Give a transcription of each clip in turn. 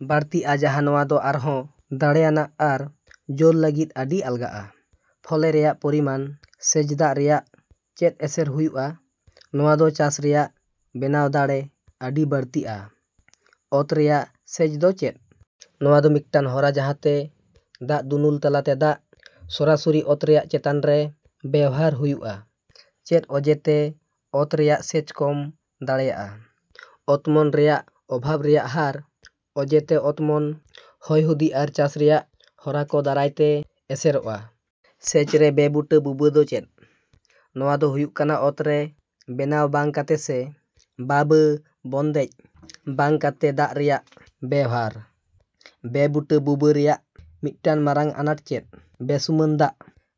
ᱵᱟᱹᱲᱛᱤᱜᱼᱟ, ᱡᱟᱦᱟᱸ ᱱᱚᱣᱟ ᱫᱚ ᱟᱨᱦᱚᱸ ᱫᱟᱲᱮᱹᱣᱟᱱᱟᱜ ᱟᱨ ᱡᱳᱞ ᱞᱟᱹᱜᱤᱫ ᱟᱹᱰᱤ ᱟᱞᱜᱟᱜᱼᱟ᱾ ᱯᱷᱚᱞᱮ ᱨᱮᱭᱟᱜ ᱯᱚᱨᱤᱢᱟᱱ ᱥᱮᱪ ᱫᱟᱜ ᱨᱮᱭᱟᱜ ᱪᱮᱫ ᱮᱥᱮᱨ ᱦᱩᱭᱩᱜᱼᱟ? ᱱᱚᱶᱟ ᱫᱚ ᱪᱟᱥ ᱨᱮᱭᱟᱜ ᱵᱮᱱᱟᱣ ᱫᱟᱲᱮ ᱟᱹᱰᱤ ᱵᱟᱹᱲᱛᱤᱜᱼᱟ᱾ ᱚᱛ ᱨᱮᱭᱟᱜ ᱥᱮᱪ ᱫᱚ ᱪᱮᱫ? ᱱᱚᱣᱟ ᱫᱚ ᱢᱤᱫᱴᱟᱝ ᱦᱚᱨᱟ ᱡᱟᱦᱟᱸᱛᱮ ᱫᱟᱜ ᱫᱩᱱᱩᱞ ᱛᱟᱞᱟᱛᱮ ᱫᱟᱜ ᱥᱚᱨᱟᱥᱚᱨᱤ ᱚᱛ ᱨᱮᱭᱟᱜ ᱪᱮᱛᱟᱱ ᱨᱮ ᱵᱮᱣᱦᱟᱨ ᱦᱩᱭᱩᱜᱼᱟ᱾ ᱪᱮᱫ ᱚᱡᱮ ᱛᱮ ᱚᱛ ᱨᱮᱭᱟᱜ ᱥᱮᱪ ᱠᱚᱢ ᱫᱟᱲᱮᱹᱣᱟ? ᱚᱛᱢᱚᱱ ᱨᱮᱭᱟᱜ ᱚᱵᱷᱟᱵᱽ ᱨᱮᱭᱟᱜ ᱦᱟᱨ ᱚᱡᱮᱛᱮ ᱚᱛᱢᱚᱱ, ᱦᱚᱭᱦᱩᱫᱤ ᱟᱨ ᱪᱟᱥ ᱨᱮᱭᱟᱜ ᱦᱚᱨᱟ ᱠᱚ ᱫᱟᱨᱟᱭ ᱛᱮ ᱮᱥᱮᱨᱚᱜᱼᱟ᱾ ᱥᱮᱪ ᱨᱮ ᱵᱮᱼᱵᱩᱴᱟᱹ ᱰᱩᱵᱟᱹ ᱫᱚ ᱪᱮᱫ? ᱱᱚᱣᱟ ᱫᱚ ᱦᱩᱭᱩᱜ ᱠᱟᱱᱟ ᱚᱛ ᱨᱮ ᱵᱮᱱᱟᱣ ᱵᱟᱝ ᱠᱟᱛᱮ ᱥᱮ ᱰᱟᱰᱟ. ᱵᱚᱱᱫᱮᱡ ᱵᱟᱝ ᱠᱟᱛᱮ ᱫᱟᱜ ᱨᱮᱭᱟᱜ ᱵᱮᱣᱦᱟᱨ᱾ ᱵᱮᱼᱵᱩᱴᱟᱹ ᱰᱩᱵᱟᱹ ᱨᱮᱭᱟᱜ ᱢᱤᱫᱴᱟᱝ ᱢᱟᱨᱟᱝ ᱟᱱᱟᱴ ᱪᱮᱫ? ᱵᱮᱼᱥᱩᱢᱟᱹᱱ ᱫᱟᱜ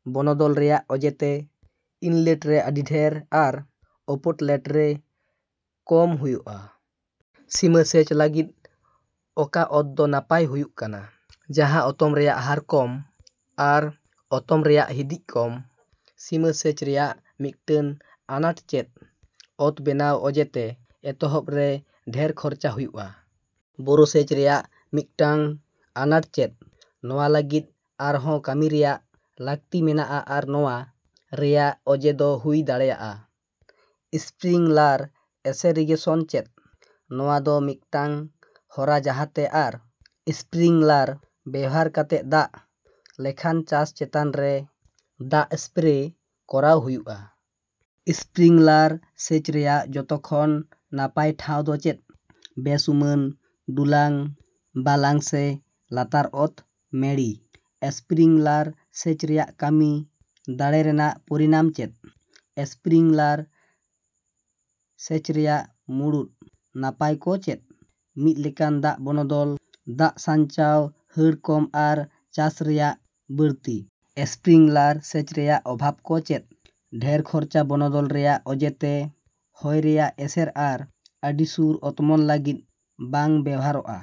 ᱵᱚᱱᱚᱫᱚᱞ ᱨᱮᱭᱟᱜ ᱚᱡᱮ ᱛᱮ ᱤᱱᱞᱮᱴ ᱨᱮ ᱟᱹᱰᱤ ᱰᱷᱮᱨ ᱟᱨ ᱚᱯᱳᱴᱞᱮᱴ ᱨᱮ ᱠᱚᱢ ᱦᱳᱭᱳᱜᱼᱟ᱾ ᱥᱤᱢᱟᱹ ᱥᱮᱪ ᱞᱟᱹᱜᱤᱫ ᱚᱠᱟ ᱚᱛ ᱫᱚ ᱱᱟᱯᱟᱭ ᱦᱩᱭᱩᱜ ᱠᱟᱱᱟ? ᱡᱟᱦᱟᱸ ᱚᱛᱚᱢ ᱨᱮᱭᱟᱜ ᱦᱟᱨ ᱠᱚᱢ ᱟᱨ ᱚᱛᱚᱢ ᱨᱮᱭᱟᱜ ᱦᱤᱫᱤᱡ ᱠᱚᱢ᱾ ᱥᱤᱢᱟᱹ ᱥᱮᱪ ᱨᱮᱭᱟᱜ ᱢᱤᱫᱴᱟᱝ ᱟᱱᱟᱴ ᱪᱮᱫ? ᱚᱛ ᱵᱮᱱᱟᱣ ᱚᱡᱮ ᱛᱮ ᱮᱛᱚᱦᱚᱵ ᱨᱮ ᱰᱷᱮᱨ ᱠᱷᱚᱨᱪᱟ ᱦᱩᱭᱩᱜᱼᱟ᱾ ᱵᱳᱨᱳ ᱥᱮᱪ ᱨᱮᱭᱟᱜ ᱢᱤᱫᱴᱟᱝ ᱟᱱᱟᱴ ᱪᱮᱫ? ᱱᱚᱣᱟ ᱞᱟᱹᱜᱤᱫ ᱟᱨᱦᱚᱸ ᱠᱟᱹᱢᱤ ᱨᱮᱭᱟᱜ ᱞᱟᱹᱠᱛᱤ ᱢᱮᱱᱟᱜᱼᱟ ᱟᱨ ᱱᱚᱣᱟ ᱨᱮᱭᱟᱜ ᱚᱡᱮ ᱫᱚ ᱦᱩᱭ ᱫᱟᱲᱮᱭᱟᱜᱼᱟ ᱾ ᱥᱯᱨᱤᱝᱞᱟᱨ ᱮᱥᱮᱨᱤᱜᱮᱥᱚᱱ ᱪᱮᱫ? ᱱᱚᱣᱟ ᱫᱚ ᱢᱤᱫᱴᱟᱝ ᱦᱚᱨᱟ ᱡᱟᱦᱟᱸᱛᱮ ᱟᱨ ᱮᱥᱯᱨᱤᱝᱞᱟᱨ ᱵᱮᱣᱦᱟᱨ ᱠᱟᱛᱮ ᱫᱟᱜ ᱞᱮᱠᱟᱱ ᱪᱟᱥ ᱪᱮᱛᱟᱱ ᱨᱮ ᱫᱟᱜ ᱮᱥᱯᱨᱮ ᱠᱚᱨᱟᱣ ᱦᱩᱭᱩᱜᱼᱟ᱾ ᱥᱯᱨᱤᱝᱞᱟᱨ ᱥᱮᱪ ᱨᱮᱭᱟᱜ ᱡᱚᱛᱚ ᱠᱷᱚᱱ ᱱᱟᱯᱟᱭ ᱴᱷᱟᱶ ᱫᱚ ᱪᱮᱫ? ᱵᱮᱼᱥᱩᱢᱟᱹᱱ, ᱰᱩᱞᱟᱝ, ᱵᱟᱞᱟᱝ ᱥᱮ ᱞᱟᱛᱟᱨ ᱚᱛ ᱢᱮᱲᱤ᱾ ᱥᱯᱨᱤᱝᱞᱟᱨ ᱥᱮᱪ ᱨᱮᱭᱟᱜ ᱠᱟᱹᱢᱤ ᱫᱟᱲᱮ ᱨᱮᱱᱟᱜ ᱯᱚᱨᱤᱢᱟᱱ ᱪᱮᱫ? ᱥᱯᱨᱤᱝᱞᱟᱨ ᱥᱮᱪ ᱨᱮᱭᱟᱜ ᱢᱩᱲᱩᱫ ᱱᱟᱯᱟᱭ ᱠᱚ ᱪᱮᱫ? ᱢᱤᱫ ᱞᱮᱠᱟᱱ ᱫᱟᱜ ᱵᱚᱱᱚᱫᱚᱞ, ᱫᱟᱜ ᱥᱟᱧᱪᱟᱣ, ᱦᱟᱹᱱ ᱠᱚᱢ ᱟᱨ ᱪᱟᱥ ᱨᱮᱭᱟᱜ ᱵᱟᱹᱲᱛᱤ᱾ ᱥᱯᱨᱤᱝᱞᱟᱨ ᱥᱮᱪ ᱨᱮᱭᱟᱜ ᱚᱵᱷᱟᱵᱽ ᱠᱚ ᱪᱮᱫ? ᱰᱷᱮᱨ ᱠᱷᱚᱨᱪᱟ, ᱵᱚᱱᱚᱫᱚᱞ ᱨᱮᱭᱟᱜ ᱚᱡᱮᱛᱮ, ᱦᱚᱭ ᱨᱮᱭᱟᱜ ᱮᱥᱮᱨ ᱟᱨ ᱟᱹᱰᱤ ᱥᱩᱨ ᱚᱛᱢᱚᱱ ᱞᱟᱹᱜᱤᱫ ᱵᱟᱝ ᱵᱮᱣᱦᱟᱨᱚᱜᱼᱟ᱾